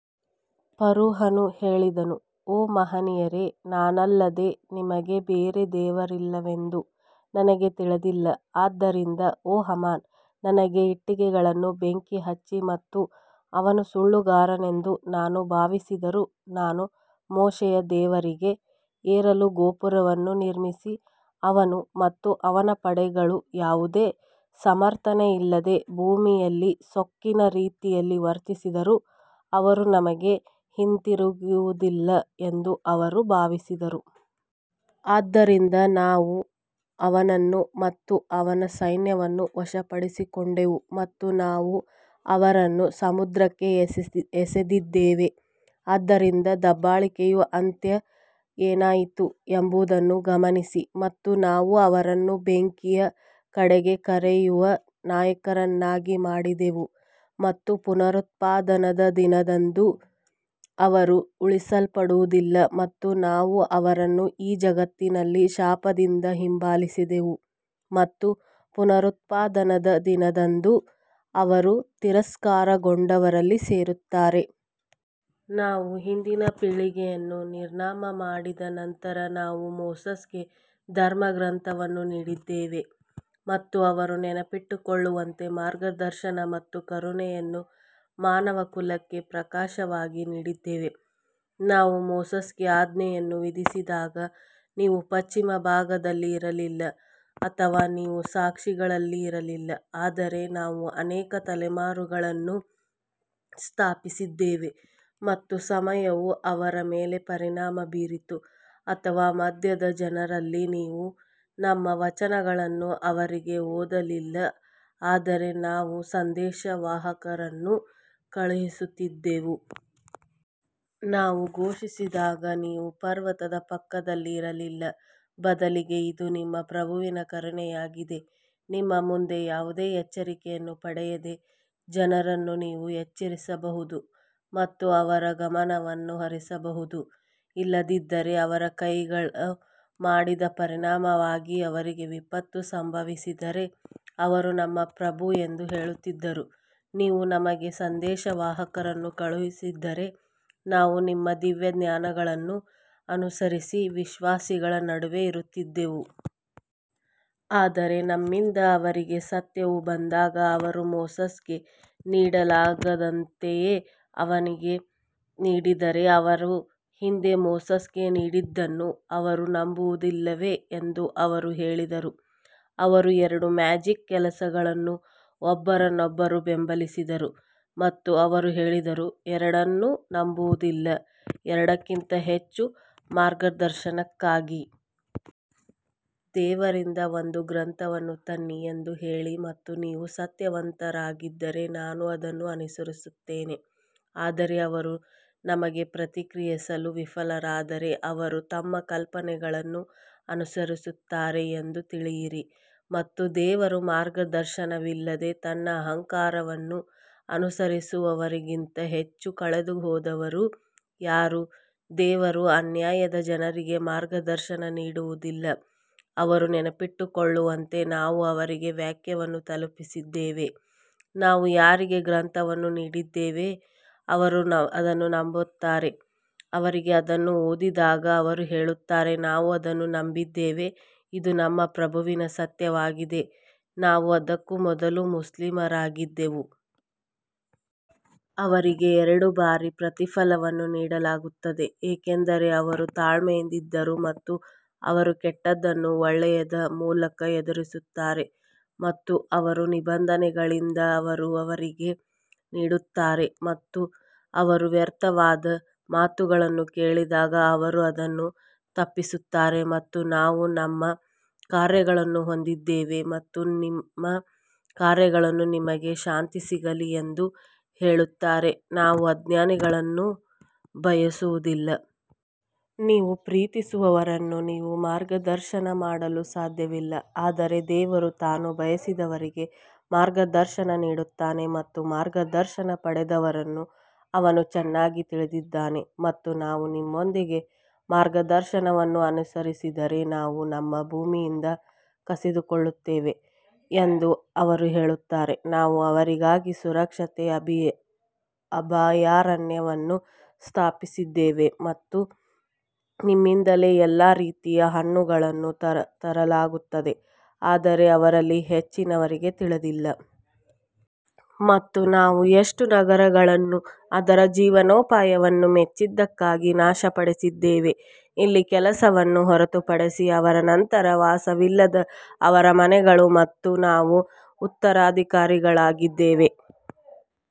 ಫರೋಹನು ಹೇಳಿದನು ಓ ಮಹನೀಯರೇ, ನಾನಲ್ಲದೆ ನಿಮಗೆ ಬೇರೆ ದೇವರಿಲ್ಲವೆಂದು ನನಗೆ ತಿಳಿದಿಲ್ಲ, ಆದ್ದರಿಂದ ಓ ಹಾಮಾನ್ ನನಗೆ ಇಟ್ಟಿಗೆಗಳನ್ನು ಬೆಂಕಿ ಹಚ್ಚಿ ಮತ್ತು ಅವನು ಸುಳ್ಳುಗಾರನೆಂದು ನಾನು ಭಾವಿಸಿದರೂ ನಾನು ಮೋಶೆಯ ದೇವರಿಗೆ ಏರಲು ಗೋಪುರವನ್ನು ನಿರ್ಮಿಸಿ ಅವನು ಮತ್ತು ಅವನ ಪಡೆಗಳು ಯಾವುದೇ ಸಮರ್ಥನೆಯಿಲ್ಲದೆ ಭೂಮಿಯಲ್ಲಿ ಸೊಕ್ಕಿನ ರೀತಿಯಲ್ಲಿ ವರ್ತಿಸಿದರು, ಅವರು ನಮಗೆ ಹಿಂತಿರುಗುವುದಿಲ್ಲ ಎಂದು ಅವರು ಭಾವಿಸಿದರು. ಆದ್ದರಿಂದ ನಾವು ಅವನನ್ನು ಮತ್ತು ಅವನ ಸೈನ್ಯವನ್ನು ವಶಪಡಿಸಿಕೊಂಡೆವು ಮತ್ತು ನಾವು ಅವರನ್ನು ಸಮುದ್ರಕ್ಕೆ ಎಸೆದಿದ್ದೇವೆ ಆದ್ದರಿಂದ ದಬ್ಬಾಳಿಕೆಯ ಅಂತ್ಯ ಏನಾಯಿತು ಎಂಬುದನ್ನು ಗಮನಿಸಿ ಮತ್ತು ನಾವು ಅವರನ್ನು ಬೆಂಕಿಯ ಕಡೆಗೆ ಕರೆಯುವ ನಾಯಕರನ್ನಾಗಿ ಮಾಡಿದೆವು ಮತ್ತು ಪುನರುತ್ಥಾನದ ದಿನದಂದು ಅವರು ಉಳಿಸಲ್ಪಡುವುದಿಲ್ಲ ಮತ್ತು ನಾವು ಅವರನ್ನು ಈ ಜಗತ್ತಿನಲ್ಲಿ ಶಾಪದಿಂದ ಹಿಂಬಾಲಿಸಿದೆವು ಮತ್ತು ಪುನರುತ್ಥಾನದ ದಿನದಂದು ಅವರು ತಿರಸ್ಕಾರಗೊಂಡವರಲ್ಲಿ ಸೇರುತ್ತಾರೆ. ನಾವು ಹಿಂದಿನ ಪೀಳಿಗೆಗಳನ್ನು ನಿರ್ನಾಮ ಮಾಡಿದ ನಂತರ ನಾವು ಮೋಸೆಸ್ಗೆ ಧರ್ಮಗ್ರಂಥವನ್ನು ನೀಡಿದ್ದೇವೆ ಮತ್ತು ಅವರು ನೆನಪಿಟ್ಟುಕೊಳ್ಳುವಂತೆ ಮಾರ್ಗದರ್ಶನ ಮತ್ತು ಕರುಣೆಯನ್ನು ಮಾನವಕುಲಕ್ಕೆ ಪ್ರಕಾಶವಾಗಿ ನೀಡಿದ್ದೇವೆ. ನಾವು ಮೋಸೆಸ್ಗೆ ಆಜ್ಞೆಯನ್ನು ವಿಧಿಸಿದಾಗ ನೀವು ಪಶ್ಚಿಮ ಭಾಗದಲ್ಲಿ ಇರಲಿಲ್ಲ ಅಥವಾ ನೀವು ಸಾಕ್ಷಿಗಳಲ್ಲಿ ಇರಲಿಲ್ಲ ಆದರೆ ನಾವು ಅನೇಕ ತಲೆಮಾರುಗಳನ್ನು ಸ್ಥಾಪಿಸಿದ್ದೇವೆ ಮತ್ತು ಸಮಯವು ಅವರ ಮೇಲೆ ಪರಿಣಾಮ ಬೀರಿತು ಅಥವಾ ಮಧ್ಯದ ಜನರಲ್ಲಿ ನೀವು ನಮ್ಮ ವಚನಗಳನ್ನು ಅವರಿಗೆ ಓದಲಿಲ್ಲ ಆದರೆ ನಾವು ಸಂದೇಶವಾಹಕರನ್ನು ಕಳುಹಿಸುತ್ತಿದ್ದೆವು. ನಾವು ಘೋಷಿಸಿದಾಗ ನೀವು ಪರ್ವತದ ಪಕ್ಕದಲ್ಲಿ ಇರಲಿಲ್ಲ, ಬದಲಿಗೆ ಇದು ನಿಮ್ಮ ಪ್ರಭುವಿನ ಕರುಣೆಯಾಗಿದೆ, ನಿಮ್ಮ ಮುಂದೆ ಯಾವುದೇ ಎಚ್ಚರಿಕೆಯನ್ನು ಪಡೆಯದ ಜನರನ್ನು ನೀವು ಎಚ್ಚರಿಸಬಹುದು ಮತ್ತು ಅವರು ಗಮನಹರಿಸಬಹುದು. ಇಲ್ಲದಿದ್ದರೆ ಅವರ ಕೈಗಳು ಮಾಡಿದ ಪರಿಣಾಮವಾಗಿ ಅವರಿಗೆ ವಿಪತ್ತು ಸಂಭವಿಸಿದರೆ ಅವರು ನಮ್ಮ ಪ್ರಭು ಎಂದು ಹೇಳುತ್ತಿದ್ದರು, ನೀವು ನಮಗೆ ಸಂದೇಶವಾಹಕರನ್ನು ಕಳುಹಿಸಿದ್ದರೆ ನಾವು ನಿಮ್ಮ ದಿವ್ಯಜ್ಞಾನಗಳನ್ನು ಅನುಸರಿಸಿ ವಿಶ್ವಾಸಿಗಳ ನಡುವೆ ಇರುತ್ತಿದ್ದೆವು. ಆದರೆ ನಮ್ಮಿಂದ ಅವರಿಗೆ ಸತ್ಯವು ಬಂದಾಗ ಅವರು ಮೋಸೆಸ್ಗೆ ನೀಡಲಾದಂತೆಯೇ ಅವನಿಗೆ ನೀಡಿದರೆ ಅವರು ಹಿಂದೆ ಮೋಸೆಸ್ಗೆ ನೀಡಿದ್ದನ್ನು ಅವರು ನಂಬುವುದಿಲ್ಲವೇ ಎಂದು ಅವರು ಹೇಳಿದರು ಅವರು ಎರಡು ಮ್ಯಾಜಿಕ್ ಕೆಲಸಗಳನ್ನು ಒಬ್ಬರನ್ನೊಬ್ಬರು ಬೆಂಬಲಿಸಿದರು ಮತ್ತು ಅವರು ಹೇಳಿದರು. ಎರಡನ್ನೂ ನಂಬುವುದಿಲ್ಲ ಎರಡಕ್ಕಿಂತ ಹೆಚ್ಚು ಮಾರ್ಗದರ್ಶನಕ್ಕಾಗಿ ದೇವರಿಂದ ಒಂದು ಗ್ರಂಥವನ್ನು ತನ್ನಿ ಎಂದು ಹೇಳಿ ಮತ್ತು ನೀವು ಸತ್ಯವಂತರಾಗಿದ್ದರೆ ನಾನು ಅದನ್ನು ಅನುಸರಿಸುತ್ತೇನೆ ಆದರೆ ಅವರು ನಿಮಗೆ ಪ್ರತಿಕ್ರಿಯಿಸಲು ವಿಫಲರಾದರೆ ಅವರು ತಮ್ಮ ಕಲ್ಪನೆಗಳನ್ನು ಅನುಸರಿಸುತ್ತಾರೆ ಎಂದು ತಿಳಿಯಿರಿ ಮತ್ತು ದೇವರ ಮಾರ್ಗದರ್ಶನವಿಲ್ಲದೆ ತನ್ನ ಅಲಂಕಾರಿಕವನ್ನು ಅನುಸರಿಸುವವನಿಗಿಂತ ಹೆಚ್ಚು ಕಳೆದುಹೋದವರು ಯಾರು ದೇವರು ಅನ್ಯಾಯದ ಜನರಿಗೆ ಮಾರ್ಗದರ್ಶನ ನೀಡುವುದಿಲ್ಲ ಅವರು ನೆನಪಿಟ್ಟುಕೊಳ್ಳುವಂತೆ ನಾವು ಅವರಿಗೆ ವಾಕ್ಯವನ್ನು ತಲುಪಿಸಿದ್ದೇವೆ ನಾವು ಯಾರಿಗೆ ಗ್ರಂಥವನ್ನು ನೀಡಿದ್ದೇವೆಯೋ ಅವರು ಅದನ್ನು ನಂಬುತ್ತಾರೆ ಅವರಿಗೆ ಅದನ್ನು ಓದಿದಾಗ ಅವರು ಹೇಳುತ್ತಾರೆ ನಾವು ಅದನ್ನು ನಂಬಿದ್ದೇವೆ ಇದು ನಮ್ಮ ಪ್ರಭುವಿನ ಸತ್ಯವಾಗಿದೆ ನಾವು ಅದಕ್ಕೂ ಮೊದಲು ಮುಸ್ಲಿಮರಾಗಿದ್ದೆವು. ಅವರಿಗೆ ಎರಡು ಬಾರಿ ಪ್ರತಿಫಲವನ್ನು ನೀಡಲಾಗುತ್ತದೆ ಏಕೆಂದರೆ ಅವರು ತಾಳ್ಮೆಯಿಂದಿದ್ದರು ಮತ್ತು ಅವರು ಕೆಟ್ಟದ್ದನ್ನು ಒಳ್ಳೆಯದ ಮೂಲಕ ಎದುರಿಸುತ್ತಾರೆ ಮತ್ತು ನಮ್ಮ ನಿಬಂಧನೆಗಳಿಂದ ಅವರು ಅವರಿಗೆ ನೀಡುತ್ತಾರೆ ಮತ್ತು ಅವರು ವ್ಯರ್ಥವಾದ ಮಾತುಗಳನ್ನು ಕೇಳಿದಾಗ ಅವರು ಅದನ್ನು ತಪ್ಪಿಸುತ್ತಾರೆ ಮತ್ತು ನಾವು ನಮ್ಮ ಕಾರ್ಯಗಳನ್ನು ಹೊಂದಿದ್ದೇವೆ ಮತ್ತು ನಿಮ್ಮ ಕಾರ್ಯಗಳು ನಿಮಗೆ ಶಾಂತಿ ಸಿಗಲಿ ಎಂದು ಹೇಳುತ್ತಾರೆ ನಾವು ಅಜ್ಞಾನಿಗಳನ್ನು ಬಯಸುವುದಿಲ್ಲ. ನೀವು ಪ್ರೀತಿಸುವವರನ್ನು ನೀವು ಮಾರ್ಗದರ್ಶನ ಮಾಡಲು ಸಾಧ್ಯವಿಲ್ಲ ಆದರೆ ದೇವರು ತಾನು ಬಯಸಿದವರಿಗೆ ಮಾರ್ಗದರ್ಶನ ನೀಡುತ್ತಾನೆ ಮತ್ತು ಮಾರ್ಗದರ್ಶನ ಪಡೆದವರನ್ನು ಅವನು ಚೆನ್ನಾಗಿ ತಿಳಿದಿದ್ದಾನೆ ಮತ್ತು ನಾವು ನಿಮ್ಮೊಂದಿಗೆ ಮಾರ್ಗದರ್ಶನವನ್ನು ಅನುಸರಿಸಿದರೆ ನಾವು ನಮ್ಮ ಭೂಮಿಯಿಂದ ಕಸಿದುಕೊಳ್ಳುತ್ತೇವೆ ಎಂದು ಅವರು ಹೇಳುತ್ತಾರೆ, ನಾವು ಅವರಿಗಾಗಿ ಸುರಕ್ಷಿತ ಅಭಯಾರಣ್ಯವನ್ನು ಸ್ಥಾಪಿಸಿದ್ದೇವೆಯೇ ಮತ್ತು ನಮ್ಮಿಂದಲೇ ಎಲ್ಲಾ ರೀತಿಯ ಹಣ್ಣುಗಳನ್ನು ತರಲಾಗುತ್ತದೆ ಆದರೆ ಅವರಲ್ಲಿ ಹೆಚ್ಚಿನವರಿಗೆ ತಿಳಿದಿಲ್ಲ. ಮತ್ತು ನಾವು ಎಷ್ಟು ನಗರಗಳನ್ನು ಅದರ ಜೀವನೋಪಾಯವನ್ನು ಮೆಚ್ಚದಿದ್ದಕ್ಕಾಗಿ ನಾಶಪಡಿಸಿದ್ದೇವೆ ಇಲ್ಲಿ ಕೆಲವನ್ನು ಹೊರತುಪಡಿಸಿ ಅವರ ನಂತರ ವಾಸವಿಲ್ಲದ ಅವರ ಮನೆಗಳು ಮತ್ತು ನಾವು ಉತ್ತರಾಧಿಕಾರಿಗಳಾಗಿದ್ದೇವೆ.